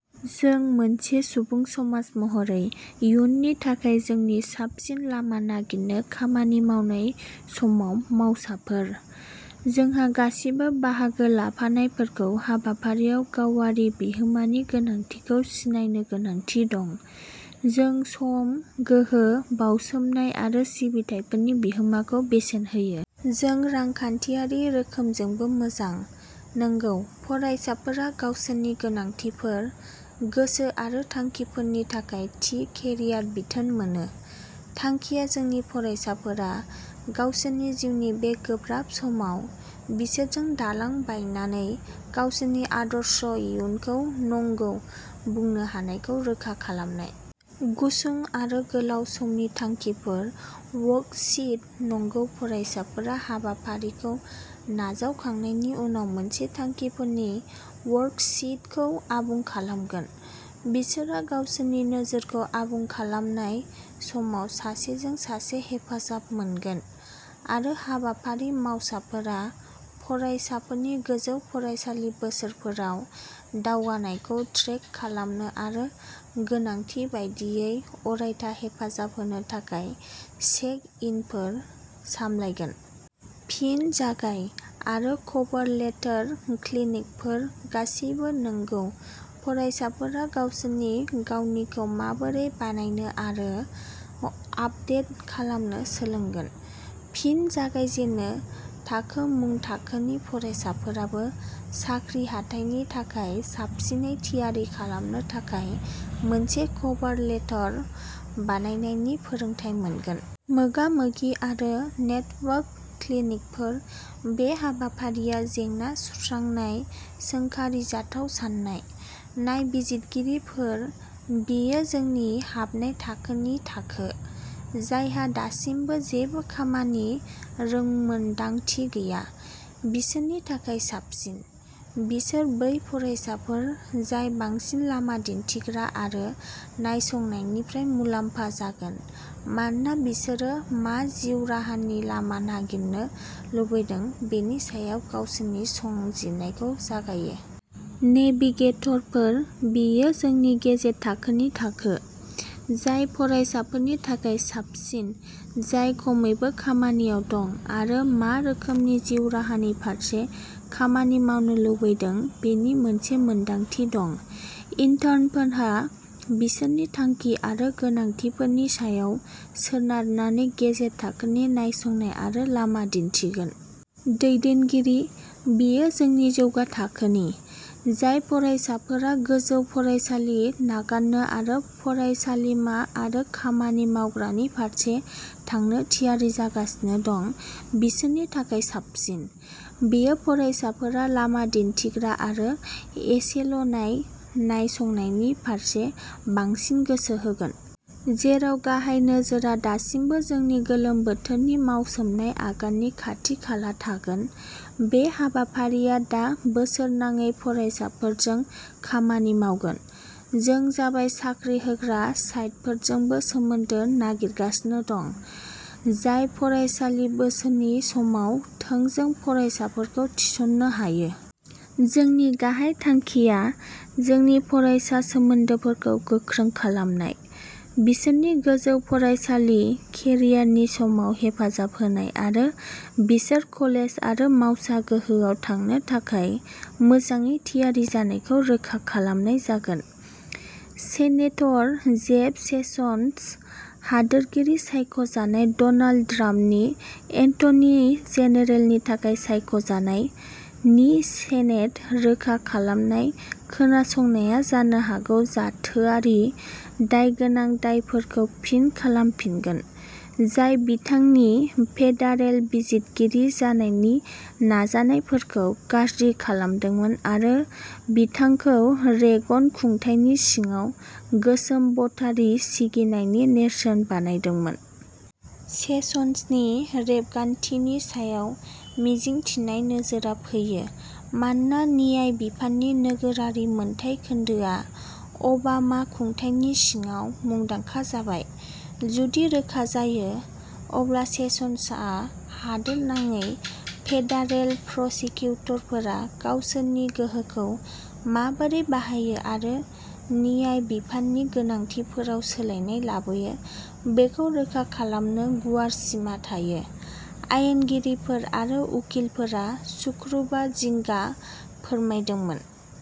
जों मोनसे सुबुं समाज महरै इयुननि थाखाय जोंनि साबसिन लामा नागिरनो खामानि मावनाय समाव मावसाफोर। जोंहा गासिबो बाहागो लाफानायफोरखौ हाबाफारियाव गावारि बिहोमानि गोनांथिखौ सिनायनो गोनांथि दं। जों सम, गोहो, बाउसोमनाय आरो सिबिथाइफोरनि बिहोमाखौ बेसेन होयो। जों रांखान्थियारि रोखोमजोंबो मोजां। नोंगौ फरायसाफोरा गावसोरनि गोनांथिफोर, गोसो आरो थांखिफोरनि थाखाय थि केरियार बिथोन मोनो। थांखिया जोंनि फरायसाफोरा गावसोरनि जिउनि बे गोब्राब समाव बिसोरजों दालां बानायनानै गावसोरनि आदर्श इयुनखौ नंगौ बुंनो हानायखौ रोखा खालामनाय। गुसुं आरो गोलाव समनि थांखिफोर वर्कशीट नंगौ फरायसाफोरा हाबाफारिखौ नाजावखांनायनि उनाव मोनसे थांखिफोरनि वर्कशीटखौ आबुं खालामगोन। बिसोरहा गावसोरनि नोजोरखौ आबुं खालामनाय समाव सासेजों सासे हेफाजाब मोनगोन, आरो हाबाफारि मावसाफोरा फरायसाफोरनि गोजौ फरायसालि बोसोरफोराव दावगानायखौ ट्रेक खालामनो आरो गोनांथि बायदियै अरायथा हेफाजाब होनो थाखाय चेक इनफोर सामलायगोन। फिन जागाय आरो कभार लेटार क्लिनिकफोर गासैबो नंगौ फरायसाफोरा गावसिनि गावनिखौ माबोरै बानायनो आरो आपदेट खालामनो सोलोंगोन। फिन जागायजेनो थाखो मुं थाखोनि फरायसाफोराबो साख्रि हाथाइनि थाखाय साबसिनै थियारि खालामनो थाखाय मोनसे कभार लेटर बानायनायनि फोरोंथाय मोनगोन। मोगा-मोगि आरो नेटवर्क क्लिनिकफोर बे हाबाफारिया जेंना सुस्रांनाय सोंखारिजाथाव साननाय। नायबिजिरगिरिफोर बेयो जोंनि हाबनाय थाखोनि थाखो, जायहा दासिमबो जेबो खामानि रोंमोन्दांथि गैया बिसोरनि थाखाय साबसिन। बिसोर बै फरायसाफोर जाय बांसिन लामा दिन्थिग्रा आरो नायसंनायनिफ्राय मुलाम्फा जागोन मानोना बिसोरो मा जिउ राहानि लामा नागिरनो लुबैदों बेनि सायाव गावसोरनि संबिजिरनायखौ जागायो। नेभिगेटरफोर बियो जोंनि गेजेर थाखोनि थाखो, जाय फरायसाफोरनि थाखाय साबसिन जाय खमैबो खामानियाव दं आरो मा रोखोमनि जिउ राहानि फारसे खामानि मावनो लुबैदों बेनि मोनसे मोनदांथि दं। इन्टार्नफोरहा बिसोरनि थांखि आरो गोनांथिफोरनि सायाव सोनारनानै गेजेर थाखोनि नायसंनाय आरो लामा दिन्थिगोन। दैदेनगिरि बियो जोंनि जौगा थाखोनि, जाय फरायसाफोरा गोजौ फरायसालि नागारनो आरो फरायसालिमा आरो खामानि मावग्रानि फारसे थांनो थियारि जागासिनो दं बिसोरनि थाखाय साबसिन। बेयो फरायसाफोरा लामा दिन्थिग्रा आरो एसेल' नाय नायसंनायनि फारसे बांसिन गोसो होगोन। जेराव गाहाय नोजोरआ दासिमबो जोंनि गोलोम बोथोरनि मावसोमनाय आगाननि खाथि खाला थागोन, बे हाबाफारिया दा बोसोरनाङै फरायसाफोरजों खामानि मावगोन। जों जाबाय साख्रि होग्रा साइटफोरजोंबो सोमोन्दो नागिरगासिनो दं, जाय फरायसालि बोसोरनि समाव थोंजों फरायसाफोरखौ थिसननो हायो। जोंनि गाहाय थांखिया जोंनि फरायसा सोमोन्दोफोरखौ गोख्रों खालामनाय, बिसोरनि गोजौ फरायसालि केरियारनि समाव हेफाजाब होनाय आरो बिसोर कलेज आरो मावसा गोहोआव थांनो थाखाय मोजाङै थियारि जानायखौ रोखा खालामनाय जागोन। सेनेटर जेफ सेसन्स, हादोरगिरि-सायख'जानाय डनाल्ड ट्राम्पनि एटर्नी जेनेरेलनि थाखाय सायख'जानायनि सेनेट रोखा खालामनाय खोनासंनाया जानो हागौ जाथोआरि दायगोनां दायफोरखौ फिन खालामफिनगोन, जाय बिथांनि फेडारेल बिजिरगिरि जानायनि नाजानायफोरखौ गाज्रि खालामदोंमोन आरो बिथांखौ रेगन खुंथायनि सिङाव गोसोम भटारि सिगिनायनि नेरसोन बानायदोंमोन। सेसन्सनि रेबगान्थिनि सायाव मिजिंथिनाय नोजोरा फैयो मानोना न्याय बिफाननि नोगोरारि मोनथाय खोन्दोआ अबामा खुंथायनि सिङाव मुंदांखा जाबाय। जुदि रोखा जायो, अब्ला सेसन्सहा हादोरनाङै फेडारेल प्रसिकिउटरफोरा गावसोरनि गोहोखौ माबोरै बाहायो आरो न्याय बिफाननि गोनांथिफोराव सोलायनाय लाबोयो बेखौ रोखा खालामनो गुवार सिमा थायो। आयेनगिरिफोर आरो उकिलफोरा सुक्रुबार जिंगा फोरमायदोंमोन।